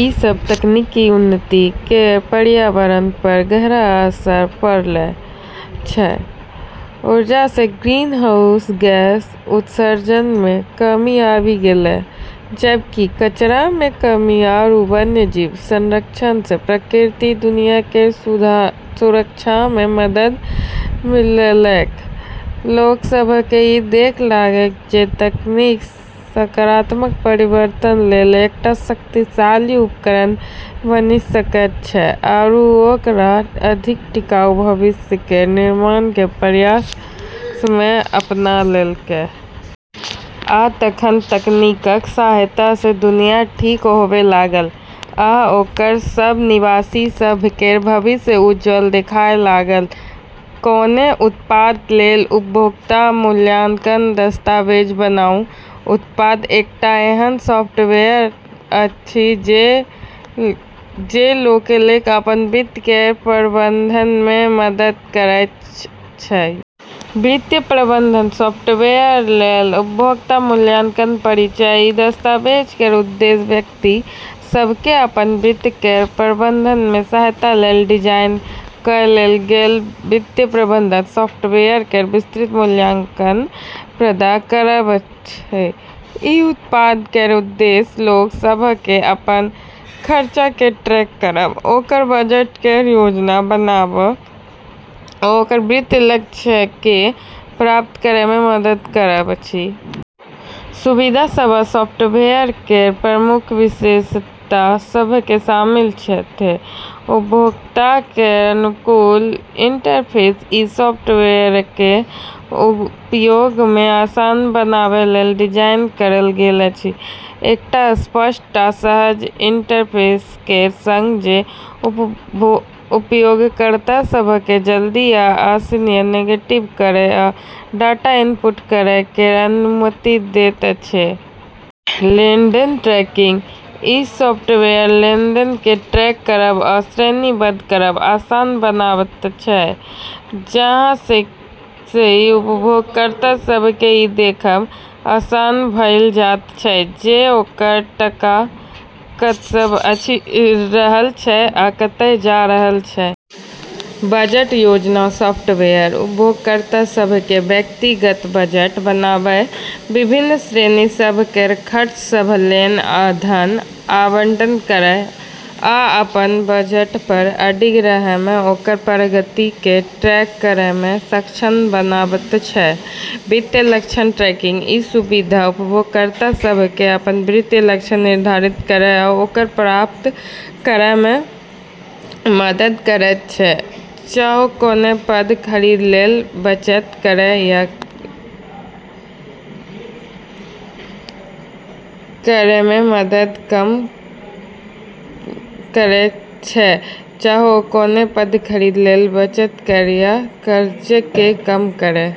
ई सब तकनीकी उन्नति केर पर्यावरणपर गहरा असर पड़लै। अक्षय ऊर्जासँ ग्रीनहाउस गैस उत्सर्जनमे कमी आबी गेलै, जबकि कचरामे कमी आरू वन्यजीव संरक्षणसँ प्राकृतिक दुनिया केर सुरक्षामे मदद मिललैक। लोग सभकेँ ई देखै लागलै जे तकनीक सकारात्मक परिवर्तन लेल एकटा शक्तिशाली उपकरण बनी सकैत छै, आरू ओ एकरा अधिक टिकाऊ भविष्य केर निर्माण केर प्रयासमे अपनालकै। आ तखन, तकनीकक सहायतासँ दुनिया ठीक होबै लागल, आ ओकर सब निवासी सभ केर भविष्य उज्ज्वल देखाय लागल। कोनो उत्पाद लेल उपभोक्ता मूल्यांकन दस्तावेज बनाऊ। उत्पाद एकटा एहन सॉफ्टवेयर अछि जे लोककेँ अपन वित्त केर प्रबंधनमे मदद करैत अछि। वित्तीय प्रबंधन सॉफ्टवेयर लेल उपभोक्ता मूल्यांकन परिचय: ई दस्तावेज केर उद्देश्य व्यक्ति सभकेँ अपन वित्त केर प्रबंधनमे सहायता लेल डिजाइन कएल गेल वित्तीय प्रबंधन सॉफ्टवेयर केर विस्तृत मूल्यांकन प्रदान करब अछि। ई उत्पाद केर उद्देश्य लोग सभकेँ अपन खर्चकेँ ट्रैक करब, ओकर बजट केर योजना बनाब, आ ओकर वित्तीय लक्ष्यकेँ प्राप्त करैमे मदद करब अछि। सुविधा सभ: सॉफ्टवेयर केर प्रमुख विशेषता सभमे शामिल छै: उपयोगकर्ता केर अनुकूल इंटरफेस: ई सॉफ्टवेयरकेँ उपयोगमे आसान बनाबै लेल डिजाइन कएल गेल अछि, एकटा स्पष्ट आ सहज इंटरफेस केर संग जे उपयोगकर्ता सभकेँ जल्दी आ आसानीसँ नेविगेट करै आ डाटा इनपुट करै केर अनुमति दैत छै। लेनदेन ट्रैकिंग: ई सॉफ्टवेयर लेनदेनकेँ ट्रैक करब आ श्रेणीबद्ध करब आसान बनाबैत छै, जाहिंसँ उपयोगकर्ता सभकेँ ई देखब आसान भऽ जाइत छै जे ओकर टका कतएसँ आबि रहल छै आ कतए जा रहल छै। बजट योजना: सॉफ्टवेयर उपयोगकर्ता सभकेँ व्यक्तिगत बजट बनाबै, विभिन्न श्रेणी सभ केर खर्च सभ लेल धन आवंटन करै, आ अपन बजटपर अडिग रहैमे ओकर प्रगति केँ ट्रैक करैमे सक्षम बनाबैत छै। वित्तीय लक्ष्य ट्रैकिंग: ई सुविधा उपयोगकर्ता सभकेँ अपन वित्तीय लक्ष्य निर्धारित करै आ ओकरा प्राप्त करैमे मदद करैत छै, चाहे ओ कोनो पैघ खरीद लेल बचत करै या कर्जकेँ कम करै।